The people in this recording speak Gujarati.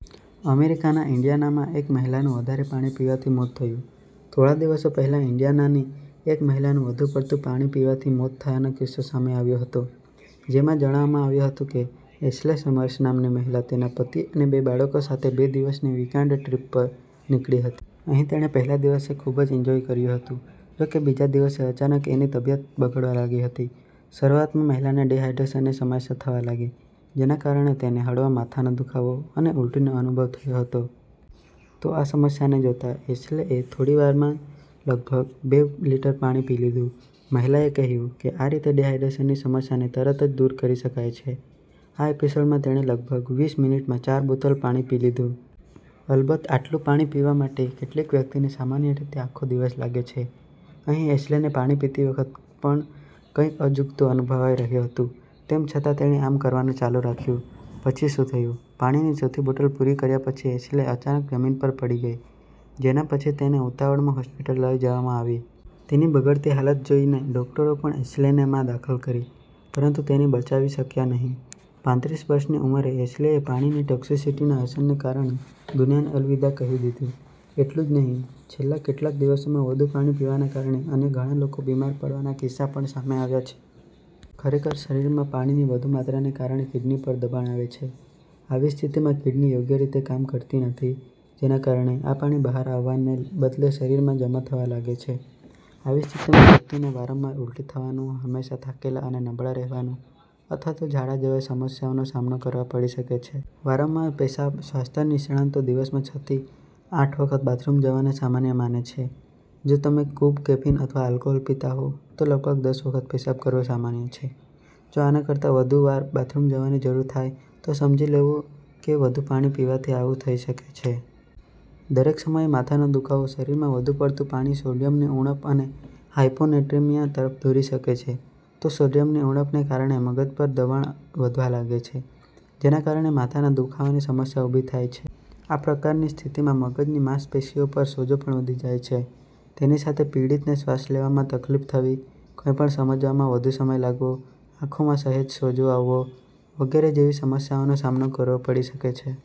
અમેરિકાના ઈન્ડિયાનામાં એક મહિલાનું વધારે પાણી પીવાથી મોત થયું થોડા દિવસો પહેલા ઈન્ડિયાનાની એક મહિલાનું વધુ પડતું પાણી પીવાથી મોત થયાનો કિસ્સો સામે આવ્યો હતો. જેમાં જણાવવામાં આવ્યું હતું કે, એશ્લે સમર્સ નામની મહિલા તેના પતિ અને બે બાળકો સાથે બે દિવસની વીકએન્ડ ટ્રીપ પર નીકળી હતી. અહીં તેણે પહેલા દિવસે ખૂબ જ એન્જોય કર્યું હતું, જોકે બીજા દિવસે અચાનક તેની તબિયત બગડવા લાગી હતી. શરૂઆતમાં, મહિલાને ડિહાઇડ્રેશનની સમસ્યા થવા લાગી. જેના કારણે તેને હળવો માથાનો દુખાવો અને ઉલ્ટીનો અનુભવ થતો હતો. તો, આ સમસ્યાને જોતા એશ્લેએ થોડી જ વારમાં લગભગ બે લિટર પાણી પી લીધું. મહિલાએ કહ્યું કે, આ રીતે ડિહાઈડ્રેશનની સમસ્યાને તરત જ દૂર કરી શકાય છે. આ એપિસોડમાં તેણે લગભગ વીસ મિનિટમાં ચાર બોટલ પાણી પી લીધું. અલબત્ત, આટલું પાણી પીવા માટે કેટલીક વ્યક્તિને સામાન્ય રીતે આખો દિવસ લાગે છે. અહીં એશ્લેને પાણી પીતી વખતે પણ કંઈક અજુગતું અનુભવાઈ રહ્યું હતું, તેમ છતાં તેણે આમ કરવાનું ચાલુ રાખ્યું. પછી શું થયું, પાણીની ચોથી બોટલ પૂરી કર્યા પછી એશ્લે અચાનક જમીન પર જ પડી ગઈ, જેના પછી તેને ઉતાવળમાં હોસ્પિટલ લઈ જવામાં આવી. તેની બગડતી હાલત જોઈને ડોક્ટરોએ પણ એશ્લેને માં દાખલ કરી, પરંતુ તેને બચાવી શક્યા નહીં. પાંત્રીસ વર્ષની ઉંમરે એશ્લેએ પાણીની ટોક્સીસિટીની અસરને કારણે દુનિયાને અલવિદા કહી દીધું. એટલું જ નહીં, છેલ્લા કેટલાક દિવસોમાં વધુ પાણી પીવાના કારણે અન્ય ઘણા લોકો બીમાર પડવાના કિસ્સા પણ સામે આવ્યા છે. ખરેખર, શરીરમાં પાણીની વધુ માત્રાને કારણે, કિડની પર દબાણ આવે છે. આવી સ્થિતિમાં, કિડની યોગ્ય રીતે કામ કરતી નથી, જેના કારણે આ પાણી બહાર આવવાને બદલે શરીરમાં જમા થવા લાગે છે. આવી સ્થિતિમાં વ્યક્તિને વારંવાર ઉલ્ટી થવાનું, હંમેશા થાકેલા અને નબળા રહેવાનું અથવા તો ઝાડા જેવી સમસ્યાનો સામનો કરવો પડી શકે છે. વારંવાર પેશાબ સ્વાસ્થ્ય નિષ્ણાતો દિવસમાં છ થી આઠ વખત બાથરૂમ જવાને સામાન્ય માને છે. જો તમે ખૂબ કેફીન અથવા આલ્કોહોલ પીતા હો, તો લગભગ દસ વખત પેશાબ કરવો સામાન્ય છે. જો આના કરતાં વધુ વાર બાથરૂમ જવાની જરૂર થાય તો સમજી લેવું કે વધુ પાણી પીવાથી આવું થઈ શકે છે. દરેક સમયે માથાનો દુખાવો શરીરમાં વધુ પડતું પાણી સોડિયમની ઉણપ અથવા હાઈપો નેટ્રેમિયા તરફ દોરી શકે છે. તો, સોડિયમની ઉણપને કારણે, મગજ પર દબાણ વધવા લાગે છે, જેના કારણે માથાના દુખાવાની સમસ્યા ઊભી થાય છે. આ પ્રકારની સ્થિતિમાં મગજની માંસપેશીઓ પર સોજો પણ વધી જાય છે, તેની સાથે પીડિતને શ્વાસ લેવામાં તકલીફ થવી, કંઈપણ સમજવામાં વધુ સમય લાગવો, આંખોમાં સહેજ સોજો આવવો, વગેરે જેવી સમસ્યાઓનો સામનો કરવો પડી શકે છે.